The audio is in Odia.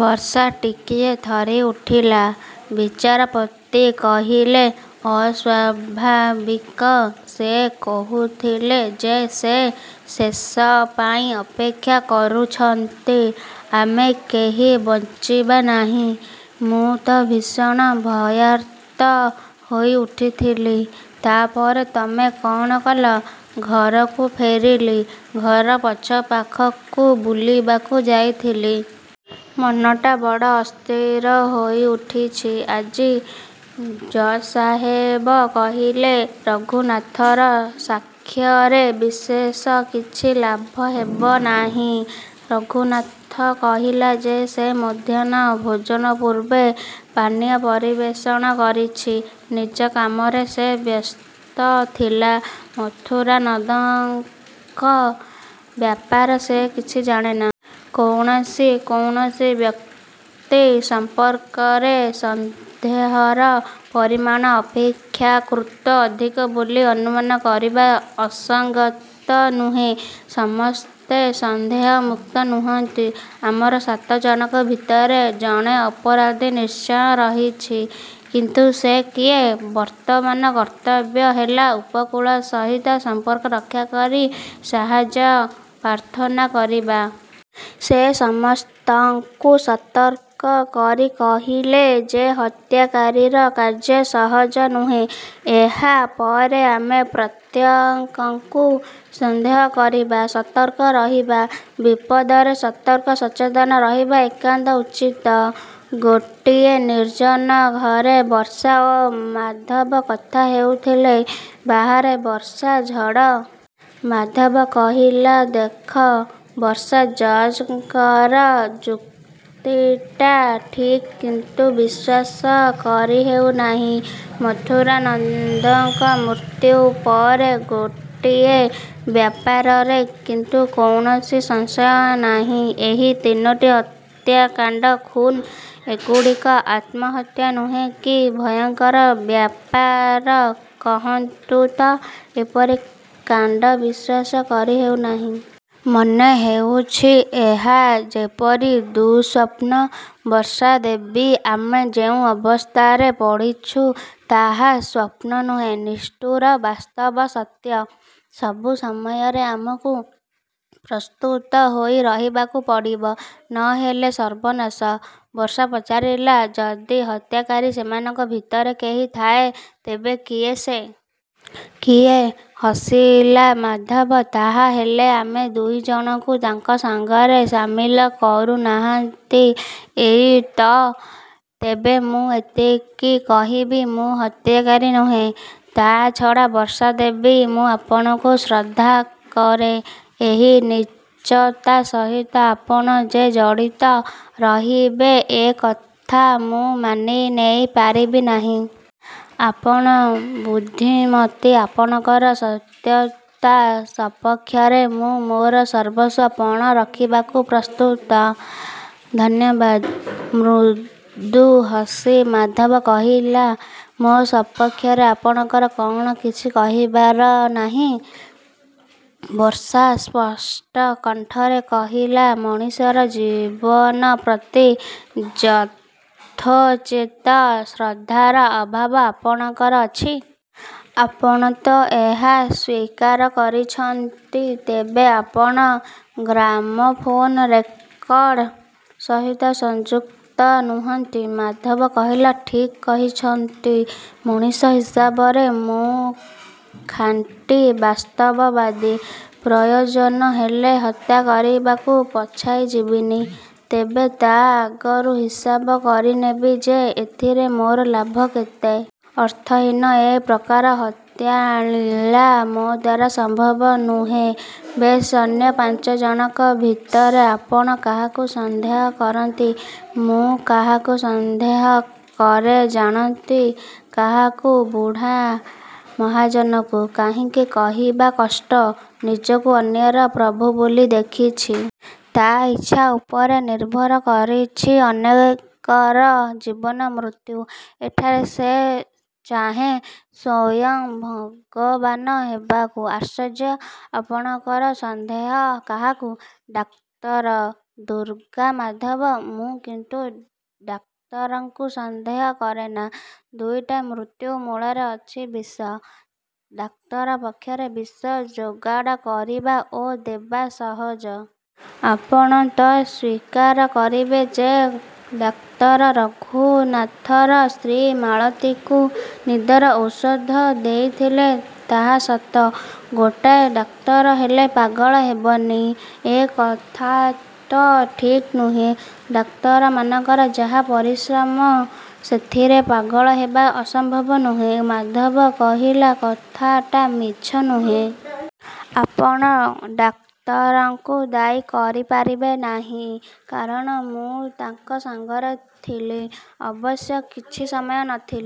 ବର୍ଷା ଟିକିଏ ଥରିଉଠିଲା। ବିଚାରପତି କହିଲେ, ଅସ୍ଵାଭାବିକ? ସେ କହୁଥିଲେ ଯେ ସେ ଶେଷ ପାଇଁ ଅପେକ୍ଷା କରୁଛନ୍ତି, ଆମେ କେହି ବଞ୍ଚିବା ନାହିଁ। ମୁଁ ତ ଭୀଷଣ ଭୟାର୍ତ୍ତ ହୋଇଉଠିଥିଲି। ତା ପରେ ତମେ କ'ଣ କଲ? ଘରକୁ ଫେରିଲି। ଘର ପଛପାଖକୁ ବୁଲିବାକୁ ଯାଇଥିଲି। ମନଟା ବଡ଼ ଅସ୍ଥିର ହୋଇଉଠିଛି ଆଜି। ଜଜ୍ ସାହେବ କହିଲେ, ରଘୁନାଥର ସାକ୍ଷ୍ୟରେ ବିଶେଷ କିଛି ଲାଭ ହେବ ନାହିଁ। ରଘୁନାଥ କହିଲା ଯେ ସେ ମଧ୍ୟାହ୍ନ ଭୋଜନ ପୂର୍ବେ ପାନୀୟ ପରିବେଷଣ କରିଛି। ନିଜ କାମରେ ସେ ବ୍ୟସ୍ତ ଥିଲା। ମଥୁରାନନ୍ଦଙ୍କ ବ୍ୟାପାର ସେ କିଛି ଜାଣେନା। କୌଣସି କୌଣସି ବ୍ୟକ୍ତି ସମ୍ପର୍କରେ ସନ୍ଦେହର ପରିମାଣ ଅପେକ୍ଷାକୃତ ଅଧିକ ବୋଲି ଅନୁମାନ କରିବା ଅସଙ୍ଗତ ନୁହେଁ। ସମସ୍ତେ ସନ୍ଦେହମୁକ୍ତ ନୁହନ୍ତି। ଆମର ସାତ ଜଣଙ୍କ ଭିତରେ ଜଣେ ଅପରାଧୀ ନିଶ୍ଚୟ ରହିଛି। କିନ୍ତୁ ସେ କିଏ? ବର୍ତ୍ତମାନ କର୍ତ୍ତବ୍ୟ ହେଲା ଉପକୂଳ ସହିତ ସମ୍ପର୍କ ରକ୍ଷା କରି ସାହାଯ୍ୟ ପ୍ରାର୍ଥନା କରିବା। ସେ ସମସ୍ତଙ୍କୁ ସତର୍କ କରି କହିଲେ ଯେ ହତ୍ୟାକାରୀର କାର୍ଯ୍ୟ ସହଜ ନୁହେଁ। ଏହା ପରେ ଆମେ ପ୍ରତ୍ୟେକକୁ ସନ୍ଦେହ କରିବା। ସତର୍କ ରହିବା। ବିପଦରେ ସତର୍କ ସଚେତନ ରହିବା ଏକାନ୍ତ ଉଚିତ। ଗୋଟିଏ ନିର୍ଜନ ଘରେ ବର୍ଷା ଓ ମାଧବ କଥା ହେଉଥିଲେ। ବାହାରେ ବର୍ଷା, ଝଡ଼। ମାଧବ କହିଲା, ଦେଖ ବର୍ଷା, ଜଜ୍ ଙ୍କର ଯୁକ୍ତିଟା ଠିକ୍, କିନ୍ତୁ ବିଶ୍ଵାସ କରିହେଉନାହିଁ। ମଥୁରାନନ୍ଦଙ୍କ ମୃତ୍ୟୁ ପରେ ଗୋଟିଏ ବ୍ୟାପାରରେ କିନ୍ତୁ କୌଣସି ସଂଶୟ ନାହିଁ, ଏହି ତିନୋଟି ହତ୍ୟାକାଣ୍ଡ ଖୁନ୍। ଏଗୁଡ଼ିକ ଆତ୍ମହତ୍ୟା ନୁହେଁ। କି ଭୟଙ୍କର ବ୍ୟାପାର କହନ୍ତୁ ତ! ଏପରି କାଣ୍ଡ ବିଶ୍ୱାସ କରିହେଉନାହିଁ। ମନେହେଉଛି ଏହା ଯେପରି ଦୁଃସ୍ୱପ୍ନ। ବର୍ଷା ଦେବୀ, ଆମେ ଯେଉଁ ଅବସ୍ଥାରେ ପଡ଼ିଛୁ ତାହା ସ୍ୱପ୍ନ ନୁହେଁ, ନିଷ୍ଠୁର ବାସ୍ତବ, ସତ୍ୟ। ସବୁ ସମୟରେ ଆମକୁ ପ୍ରସ୍ତୁତ ହୋଇ ରହିବାକୁ ପଡ଼ିବ। ନ ହେଲେ ସର୍ବନାଶ। ବର୍ଷା ପଚାରିଲା, ଯଦି ହତ୍ୟାକାରୀ ସେମାନଙ୍କ ଭିତରେ କେହି ଥାଏ, ତେବେ କିଏ ସେ? କିଏ? ହସିଲା ମାଧବ, ତାହା ହେଲେ ଆମେ ଦୁଇ ଜଣଙ୍କୁ ତାଙ୍କ ସାଙ୍ଗରେ ସାମିଲ କରୁନାହାନ୍ତି, ଏଇ ତ! ତେବେ ମୁଁ ଏତିକି କହିବି, ମୁଁ ହତ୍ୟାକାରୀ ନୁହେଁ। ତା ଛଡ଼ା ବର୍ଷା ଦେବୀ, ମୁଁ ଆପଣଙ୍କୁ ଶ୍ରଦ୍ଧା କରେ। ଏହି ନୀଚତା ସହିତ ଆପଣ ଯେ ଜଡ଼ିତ ରହିବେ ଏ କଥା ମୁଁ ମାନିନେଇପାରିବି ନାହିଁ। ଆପଣ ବୁଦ୍ଧିମତୀ, ଆପଣଙ୍କର ସତ୍ୟତା ସପକ୍ଷରେ ମୁଁ ମୋର ସର୍ବସ୍ୱ ପଣ ରଖିବାକୁ ପ୍ରସ୍ତୁତ। ଧନ୍ୟବାଦ। ମୃଦୁ ହସି ମାଧବ କହିଲା, ମୋ ସପକ୍ଷରେ ଆପଣଙ୍କର କ'ଣ କିଛି କହିବାର ନାହିଁ? ବର୍ଷା ସ୍ପଷ୍ଟ କଣ୍ଠରେ କହିଲା, ମଣିଷର ଜୀବନ ପ୍ରତି ଯଥୋଚିତ ଶ୍ରଦ୍ଧାର ଅଭାବ ଆପଣଙ୍କର ଅଛି। ଆପଣ ତ ଏହା ସ୍ଵୀକାର କରିଛନ୍ତି। ତେବେ ଆପଣ ଗ୍ରାମୋଫୋନ ରେକର୍ଡ଼ ସହିତ ସଂଯୁକ୍ତ ନୁହନ୍ତି। ମାଧବ କହିଲା, ଠିକ୍ କହିଛନ୍ତି। ମଣିଷ ହିସାବରେ ମୁଁ ଖାଣ୍ଟି ବାସ୍ତବବାଦୀ। ପ୍ରୟୋଜନ ହେଲେ ହତ୍ୟା କରିବାକୁ ପଛାଇଯିବିନି। ତେବେ ତା ଆଗରୁ ହିସାବ କରିନେବି ଯେ ଏଥିରେ ମୋର ଲାଭ କେତେ। ଅର୍ଥହୀନ ଏ ପ୍ରକାର ହତ୍ୟାଲୀଳା ମୋ ଦ୍ଵାରା ସମ୍ଭବ ନୁହେଁ। ବେଶ୍, ଅନ୍ୟ ପାଞ୍ଚ ଜଣଙ୍କ ଭିତରେ ଆପଣ କାହାକୁ ସନ୍ଦେହ କରନ୍ତି? ମୁଁ କାହାକୁ ସନ୍ଦେହ କରେ, ଜାଣନ୍ତି? କାହାକୁ? ବୁଢ଼ା ମହାଜନକୁ। କାହିଁକି? କହିବା କଷ୍ଟ। ନିଜକୁ ଅନ୍ୟର ପ୍ରଭୁ ବୋଲି ଦେଖିଛି। ତା ଇଚ୍ଛା ଉପରେ ନିର୍ଭର କରିଛି ଅନେକର ଜୀବନ ମୃତ୍ୟୁ। ଏଠାରେ ସେ ଚାହେଁ ସ୍ୱୟଂ ଭଗବାନ ହେବାକୁ। ଆଶ୍ଚର୍ଯ୍ୟ! ଆପଣଙ୍କର ସନ୍ଦେହ କାହାକୁ? ଡାକ୍ତର ଦୁର୍ଗାମାଧବ। ମୁଁ କିନ୍ତୁ ଡାକ୍ତରକୁ ସନ୍ଦେହ କରେନା। ଦୁଇଟା ମୃତ୍ୟୁ ମୂଳରେ ଅଛି ବିଷ। ଡାକ୍ତର ପକ୍ଷରେ ବିଷ ଯୋଗାଡ଼ କରିବା ଓ ଦେବା ସହଜ। ଆପଣ ତ ସ୍ୱୀକାର କରିବେ ଯେ ଡାକ୍ତର ରଘୁନାଥର ସ୍ତ୍ରୀ ମାଳତୀକୁ ନିଦର ଔଷଧ ଦେଇଥିଲେ। ତାହା ସତ। ଗୋଟାଏ ଡାକ୍ତର ହେଲେ ପାଗଳ ହେବନି ଏ କଥା ତ ଠିକ୍ ନୁହେଁ। ଡାକ୍ତରମାନଙ୍କର ଯାହା ପରିଶ୍ରମ ସେଥିରେ ପାଗଳ ହେବା ଅସମ୍ଭବ ନୁହେଁ। ମାଧବ କହିଲା, କଥାଟା ମିଛ ନୁହେଁ। ଆପଣ ଡାକ୍ତରଙ୍କୁ ଦାୟୀ କରିପାରିବେ ନାହିଁ, କାରଣ ମୁଁ ତାଙ୍କ ସାଙ୍ଗରେ ଥିଲି। ଅବଶ୍ୟ କିଛି ସମୟ ନ ଥିଲି।